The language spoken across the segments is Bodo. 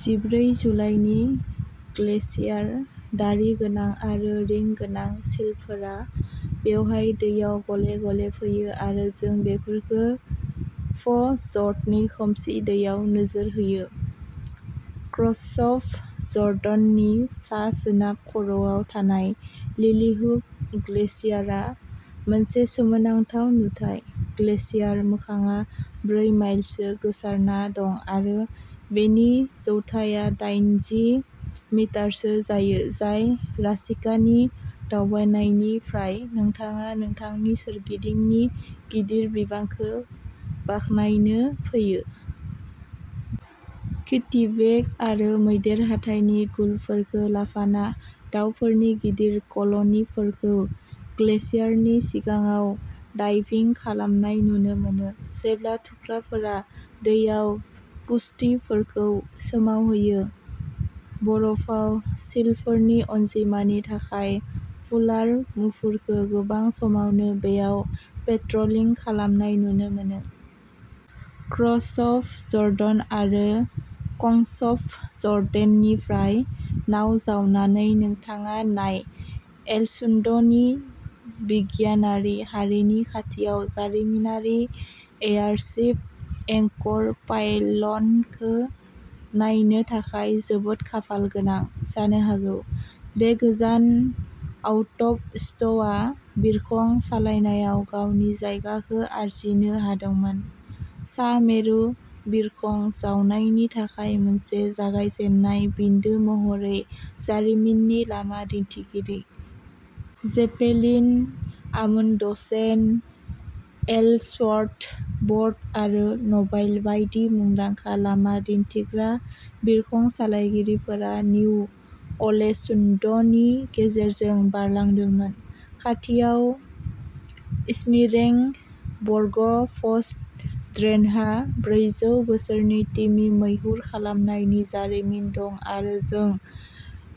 जिब्रै जुलाइनि ग्लेसियार। दारि गोनां आरो रिं गोनां सिलफोरा बेवहाय दैआव गले-गले फैयो आरो जों बेफोरखौ फ'जर्डनि खोमसि दैयाव नोजोर होयो। क्र'सफ'जर्डननि सा-सोनाब खर'आव थानाय लिलिहुक ग्लेसियारआ मोनसे सोमोनांथाव नुथाय। ग्लेसियार मोखांआ ब्रै माइलसो गोसारना दं आरो बेनि जौथाइया दाइनजि मिटारसो जायो जाय राशिकानि दावबायनायनिफ्राय नोंथाङा नोंथांनि सोरगिदिंनि गिदिर बिबांखौ बाखनायनो फैयो। किटिवेक आरो मैदेर हाथाइनि गुलफोरखौ लाफाना दावफोरनि गिदिर कल'निफोरखौ ग्लेसियारनि सिगाङाव डाइभिं खालामनाय नुनो मोनो, जेब्ला थुख्राफोरा दैआव पुष्टिफोरखौ सोमावहोयो। बरफाव सिलफोरनि अनजिमानि थाखाय पोलार मुफुरखौ गोबां समावनो बेयाव पेट्रलिं खालामनाय नुनो मोनो। क्र'सफ'जर्डेन आरो कंस्फ'जर्डेननिफ्राय नाव जावनानै, नोंथाङा नाय एलसुन्डनि बिगियानारि हारिनि खाथियाव जारिमिनारि एयारशिप एंकर पाइल'नखौ नायनो थाखाय जोबोद खाफालगोनां जानो हागौ। बे गोजान आउटप'स्टआ बिरखं सालायनायाव गावनि जायगाखौ आरजिनो हादोंमोन। सा-मेरु बिरखं जावनायनि थाखाय मोनसे जागायजेननाय बिन्दो महरै जारिमिननि लामा दिन्थिगिरि। जेपेलिन, आमुन्डसेन, एल्सवर्थ, बर्ड आरो न'बाइल बायदि मुंदांखा लामा दिन्थिग्रा बिरखं सालायगिरिफोरा निउ अलेसुन्डनि गेजेरजों बारलांदोंमोन। खाथियाव, स्मीरेंबर्गफज'र्डेनहा ब्रैजौ बोसोरनि तिमि मैहुर खालामनायनि जारिमिन दं आरो जों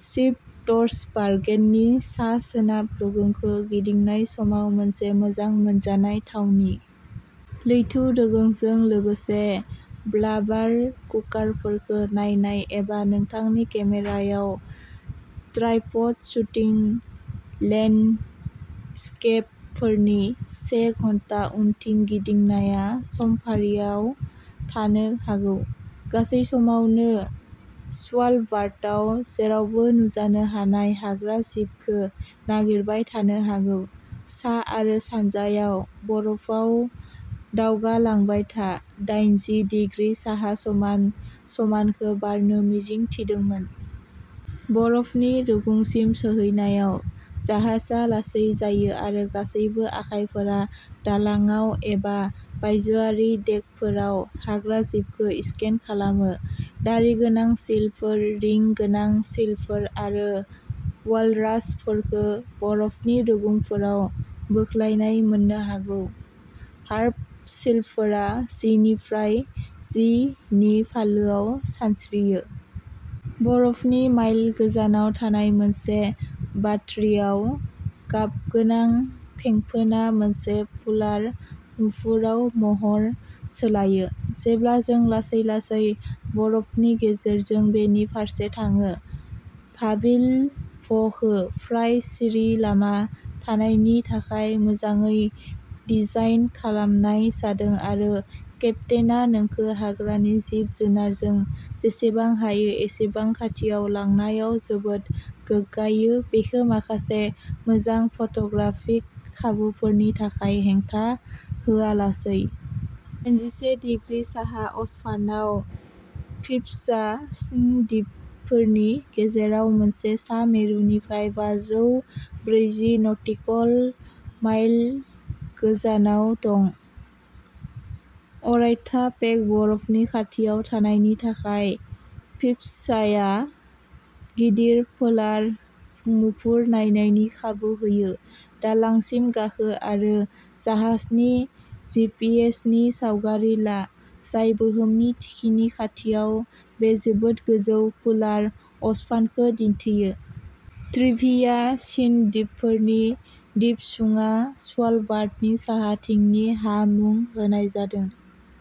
स्पिट्सबार्गेननि सा-सोनाब रुगुंखौ गिदिंनाय समाव मोनसे मोजां मोनजानाय थावनि। लैथो रुगुंजों लोगोसे ब्लाबार कुकारफोरखौ नायनाय, एबा नोंथांनि केमेरायाव ट्राइपड शुटिं लेन्डस्केपफोरनि से घन्टा उनथिं गिदिंनाया समफारियाव थानो हागौ, गासै समावनो स्वालबार्डआव जेरावबो नुजानो हानाय हाग्राजिबखौ नागिरबाय थानो हागौ। सा आरो सानजायाव बरफआव दावगालांबाय था, दाइनजि डिग्रि साहा समान समानखौ बारनो मिजिं थिदोंमोन। बरफनि रुगुंसिम सौहैनायाव जाहाजआ लासै जायो आरो गासैबो आखाइफोरा दालांआव एबा बायजोआरि देकफोराव हाग्राजिबखौ स्केन खालामो। दारि गोनां सिलफोर, रिं गोनां सिलफोर आरो वालरासफोरखौ बरफनि रुगुंफोराव बोख्लायनाय मोननो हागौ। हार्प सिलफोरा जि निफ्राय जि नि फालोआव सानस्रियो। बरफनि माइल गोजानाव थानाय मोनसे बाटरियाव गाबगोनां फेंफोना मोनसे पोलार मुफुराव महर सोलायो, जेब्ला जों लासै-लासै बरफनि गेजेरजों बेनि फारसे थाङो। भाभिलभखौ फ्राय सिरि लामा लानायनि थाखाय मोजाङै डिजाइन खालामनाय जादों आरो केप्तेनआ नोंखौ हाग्रानि जिब-जुनारजों जेसेबां हायो एसेबां खाथियाव लांनायाव जोबोद गोग्गायो, बेखौ माखासे मोजां फट'ग्राफिक खाबुफोरनि थाखाय हेंथा होआलासै। दाइनजिसे डिग्री साहा अक्षफानाव, फिप्स'या-स्नि दिपफोरनि गेजेराव मोनसे सा मेरुनिफ्राय बाजौब्रैजि नटिकल माइलल'गोजानाव दं। अरायथा पेक बरफनि खाथियाव थानायनि थाखाय, फिप्स'याया गिदिर पोलार मुफुर नायनायनि खाबु होयो। दालांसिम गाखो आरो जाहाजनि जिपिएस नि सावगारि ला, जाय बुहुमनि थिखिनि खाथियाव बे जोबोद गोजौ पोलार अक्षफानखौ दिन्थियो। ट्रिभिया स्नि दिपफोरनि दिपसुङा स्वालबार्डनि साहाथिंनि हा मुं होनाय जादों।